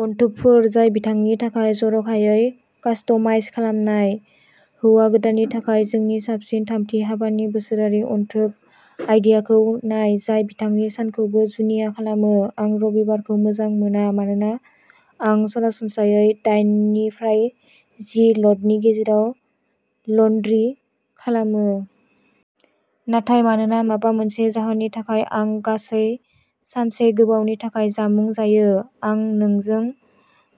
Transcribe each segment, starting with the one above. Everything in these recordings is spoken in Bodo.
अनथोबफोर जाय बिथांनि थाखाय जर'खायै कास्टमाइज खालामनाय। हौवा गोदाननि थाखाय जोंनि साबसिन थामथि हाबानि बोसोरारि अनथोब आइडियाखौ नाय जाय बिथांनि सानखौबो जुनिया खालामो। आं रबिबारखौ मोजां मोना। मानोना आं सरासनस्रायै दाइननिफ्राय जि ल'डनि गेजेराव लन्ड्रि खालामो। नाथाय मानोना माबा मोनसे जाहोननि थाखाय आं गासै सानसे गोबावनि थाखाय जामुं जायो। आं नोंजों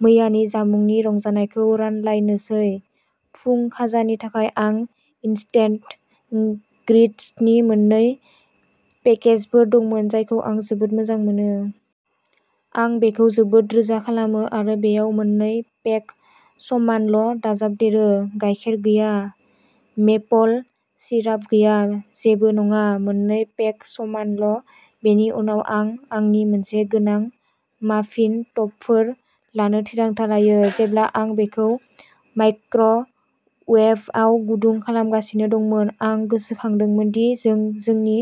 मैयानि जामुंनि रंजानायखौ रानलायनोसै। फुं खाजानि थाखाय आं इन्स्टेन्ट ग्रिट्सनि मोन्नै पेकेजफोर दंमोन जायखौ आं जोबोद मोजां मोनो। आं बेखौ जोबोद रोजा खालामो आरो बेयाव मोननै पेक समानल' दाजाबदेरो। गाइखेर गैया। मेपल सिराप गैया। जेबो नङा। मोननै पेक समानल'। बेनि उनाव आं आंनि मोनसे गोनां माफिन टपफोर लानो थिरांथा लायो। जेब्ला आं बेखौ माइक्र'वेभआव गुदुं खालामगासिनो दंमोन आं गोसोखांदोंमोन दि जों जोंनि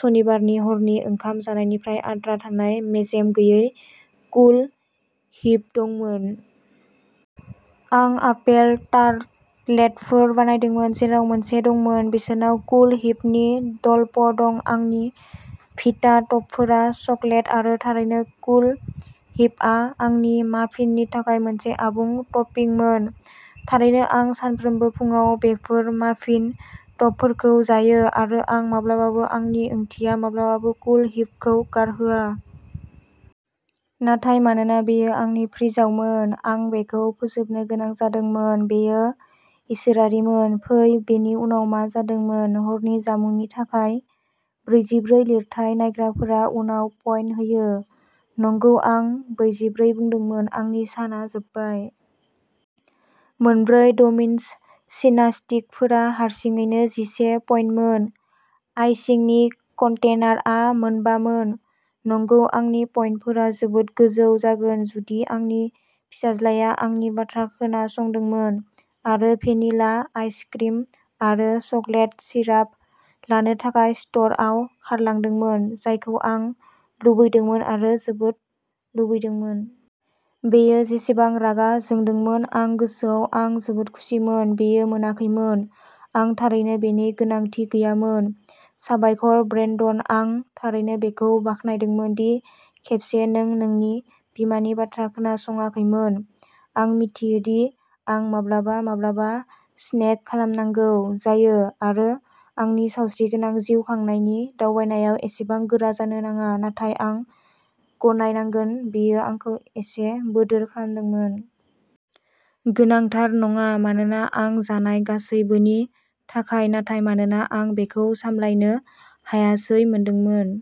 सनिबारनि हरनि ओंखाम जानायनिफ्राय आद्रा थानाय मेजेम गैयै कुल व्हिप दंमोन। आं आपेल टार्टलेटफोर बानायदोंमोन जेराव मोनसे दंमोन। बिसोरनाव कुल व्हिपनि द'ल'प दं। आंनि भिटा टपफोरा चकलेट आरो थारैनो कुल व्हिपआ आंनि माफिननि थाखाय मोनसे आबुं टपिंमोन। थारैनो आं सानफ्रोमबो फुंआव बेफोर माफिन टपफोरखौ जायो आरो आं माब्लाबाबो आंनि ओंथिया माब्लाबाबो कुल व्हिपखौ गारहोया। नाथाय मानोना बेयो आंनि फ्रिजआवमोन आं बेखौ फोजोबनो गोनां जादोंमोन। बेयो इसोरारिमोन। फै बेनि उनाव मा जादोंमोन। हरनि जामुंनि थाखाय ब्रैजि ब्रै लिरथाय नायग्राफोरा उनाव पइन्ट होयो नंगौ आं बैजिब्रै बुंदोंमोन आंनि साना जोबबाय। मोनब्रै डमिन'स सिनास्टिकफोरा हारसिङैनो जिसे पइन्टमोन। आइसिंनि कन्टेनारआ मोनबामोन। नंगौ आंनि पइन्टफोरा जोबोद गोजौ जागोन जुदि आंनि फिसाज्लाया आंनि बाथ्रा खोनासंदोंमोन आरो भेनिला आइसक्रिम आरो चकलेट सिराप लानो थाखाय स्ट'रआव खारलांदोंमोन जायखौ आं लुबैदोंमोन आरो जोबोद लुबैदोंमोन। बियो जेसेबां रागा जोंदोंमोन आं गोसोआव आं जोबोद खुसिमोन बियो मोनाखैमोन। आं थारैनो बेनि गोनांथि गैयामोन। साबायखर ब्रेन्डन आं थारैनो बेखौ बाखनायदोंमोन दि खेबसे नों नोंनि बिमानि बाथ्रा खोनासङाखैमोन। आं मिथियो दि आं माब्लाबा माब्लाबा स्नेक खालामनांगौ जायो आरो आंनि सावस्रिगोनां जिउ खांनायनि दावबायनायाव एसेबां गोरा जानो नाङा नाथाय आं गनायनांगोन बेयो आंखौ एसे बोदोर खालामदोंमोन। गोनांथार नङा मानोना आं जानाय गासैबोनि थाखाय नाथाय मानोना आं बेखौ सामलायनो हायासै मोनदोंमोन।